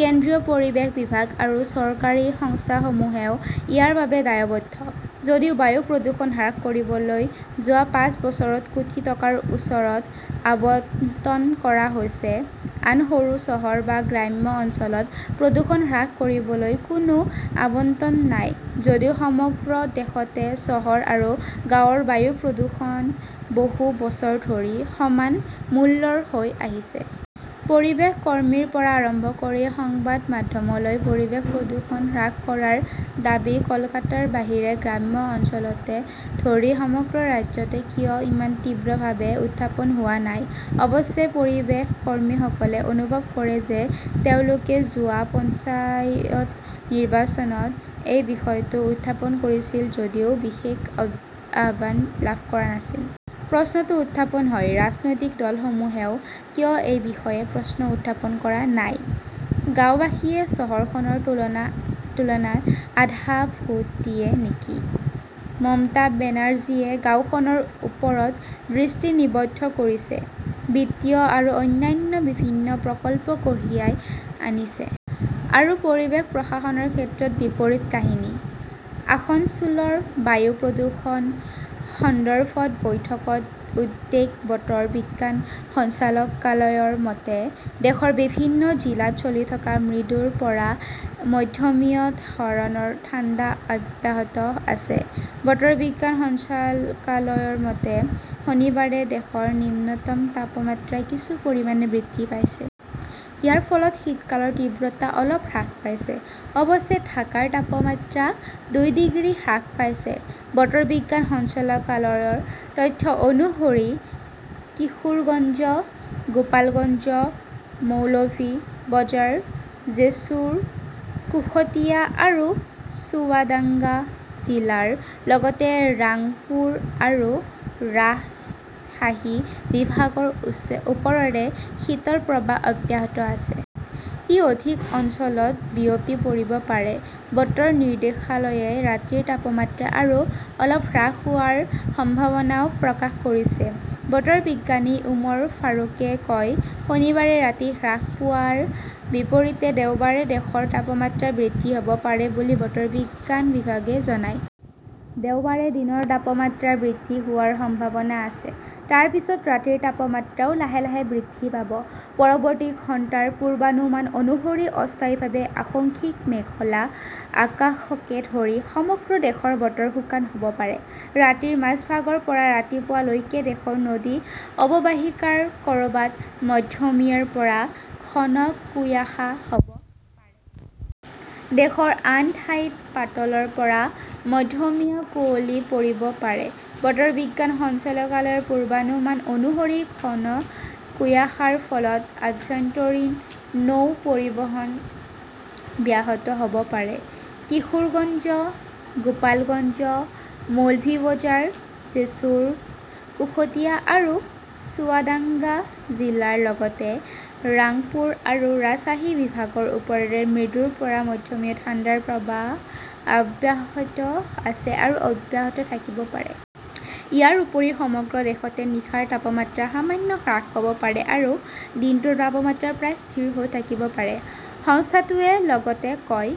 কেন্দ্ৰীয় পৰিৱেশ বিভাগ আৰু চৰকাৰী সংস্থাসমূহেও ইয়াৰ বাবে দায়বদ্ধ। যদিও বায়ু প্ৰদূষণ হ্ৰাস কৰিবলৈ যোৱা পাঁচ বছৰত কোটি টকাৰ ওচৰত আবণ্টন কৰা হৈছে, আন সৰু চহৰ বা গ্ৰাম্য অঞ্চলত প্ৰদূষণ হ্ৰাস কৰিবলৈ কোনো আবণ্টন নাই; যদিও সমগ্ৰ দেশতে চহৰ আৰু গাঁৱৰ বায়ু প্ৰদূষণ বহু বছৰ ধৰি সমান মূল্যৰ হৈ আহিছে। পৰিৱেশ কৰ্মীৰ পৰা আৰম্ভ কৰি সংবাদ মাধ্যমলৈ পৰিৱেশ প্ৰদূষণ হ্ৰাস কৰাৰ দাবী কলকাতাৰ বাহিৰে গ্ৰাম্য অঞ্চলকে ধৰি সমগ্ৰ ৰাজ্যতে কিয় ইমান তীব্ৰভাৱে উত্থাপন হোৱা নাই। অৱশ্যে, পৰিৱেশ কৰ্মীসকলে অনুভৱ কৰে যে তেওঁলোকে যোৱা পঞ্চায়ত নিৰ্বাচনত এই বিষয়টো উত্থাপন কৰিছিল যদিও বিশেষ আহ্বান লাভ কৰা নাছিল। প্ৰশ্নটো উত্থাপন হয়, ৰাজনৈতিক দলসমূহেও কিয় এই বিষয়ে প্ৰশ্ন উত্থাপন কৰা নাই? গাওঁবাসীয়ে চহৰখনৰ তুলনাত আধা ভোট দিয়ে নেকি? মমতা বেনাৰ্জীয়ে গাওঁখনৰ ওপৰত দৃষ্টি নিবদ্ধ কৰিছে, বিত্তীয় আৰু অন্যান্য বিভিন্ন প্ৰকল্প কঢ়িয়াই আনিছে। আৰু পৰিৱেশ প্ৰশাসনৰ ক্ষেত্ৰত বিপৰীত কাহিনী? আসনছোলৰ বায়ু প্ৰদূষণ সন্দৰ্ভত বৈঠকত উদ্বেগ বতৰ বিজ্ঞান সঞ্চালকালয়ৰ মতে, দেশৰ বিভিন্ন জিলাত চলি থকা মৃদুৰ পৰা মধ্যমীয়া ধৰণৰ ঠাণ্ডা অব্যাহত আছে। বতৰ বিজ্ঞান সঞ্চালকালয়ৰ মতে, শনিবাৰে দেশৰ নিম্নতম তাপমাত্ৰা কিছু পৰিমাণে বৃদ্ধি পাইছে। ইয়াৰ ফলত শীতকালৰ তীব্ৰতা অলপ হ্ৰাস পাইছে। অৱশ্যে ঢাকাৰ তাপমাত্ৰা দুই ডিগ্ৰী হ্ৰাস পাইছে। বতৰ বিজ্ঞান সঞ্চালকালয়ৰ তথ্য অনুসৰি কিশোৰগঞ্জ, গোপালগঞ্জ, মৌলভি বজাৰ, জেছুৰ, কুশটিয়া আৰু চুৱাডাঙ্গা জিলাৰ লগতে ৰাংপুৰ আৰু ৰাজশ্বাহী বিভাগৰ ওপৰেৰে শীতল প্ৰৱাহ অব্যাহত আছে। ই অধিক অঞ্চলত বিয়পি পৰিব পাৰে। বতৰ নিৰ্দেশালয়ে ৰাতিৰ তাপমাত্ৰা আৰু অলপ হ্ৰাস হোৱাৰ সম্ভাৱনাও প্ৰকাশ কৰিছে । বতৰ বিজ্ঞানী ওমৰ ফাৰুকে কয়' "শনিবাৰে ৰাতি হ্ৰাস পোৱাৰ বিপৰীতে দেওবাৰে দেশৰ তাপমাত্ৰা বৃদ্ধি হ'ব পাৰে বুলি বতৰ বিজ্ঞান বিভাগে জনায়। দেওবাৰে দিনৰ তাপমাত্ৰা বৃদ্ধি হোৱাৰ সম্ভাৱনা আছে, তাৰ পিছত ৰাতিৰ তাপমাত্ৰাও লাহে লাহে বৃদ্ধি পাব। পৰৱৰ্তী ঘণ্টাৰ পূৰ্বানুমান অনুসৰি অস্থায়ীভাৱে আংশিক মেঘলা আকাশকে ধৰি সমগ্ৰ দেশৰ বতৰ শুকান হ'ব পাৰে। ৰাতিৰ মাজভাগৰ পৰা ৰাতিপুৱা লৈকে দেশৰ নদী অৱবাহিকাৰ ক'ৰবাত মধ্যমীয়াৰ পৰা ঘন কুয়াশা হ'ব পাৰে। দেশৰ আন ঠাইত পাতলৰ পৰা মধ্যমীয়া কুঁৱলী পৰিব পাৰে। বতৰ বিজ্ঞান সঞ্চালকালয়ৰ পূৰ্বানুমান অনুসৰি ঘন কুয়াশাৰ ফলত আভ্যন্তৰীণ নৌ পৰিবহণ ব্যাহত হ'ব পাৰে। কিশোৰগঞ্জ, গোপালগঞ্জ, মৌলভি বজাৰ, জেছুৰ, কুশটিয়া আৰু চুৱাডাঙ্গা জিলাৰ লগতে ৰাংপুৰ আৰু ৰাজশ্বাহী বিভাগৰ ওপৰেৰে মৃদুৰ পৰা মধ্যমীয়া ঠাণ্ডাৰ প্ৰৱাহ অব্যাহত আছে আৰু অব্যাহত থাকিব পাৰে। ইয়াৰ উপৰিও সমগ্ৰ দেশতে নিশাৰ তাপমাত্ৰা সামান্য হ্ৰাস হ'ব পাৰে আৰু দিনটোৰ তাপমাত্ৰা প্ৰায় স্থিৰ হৈ থাকিব পাৰে, সংস্থাটোৱে লগতে কয়।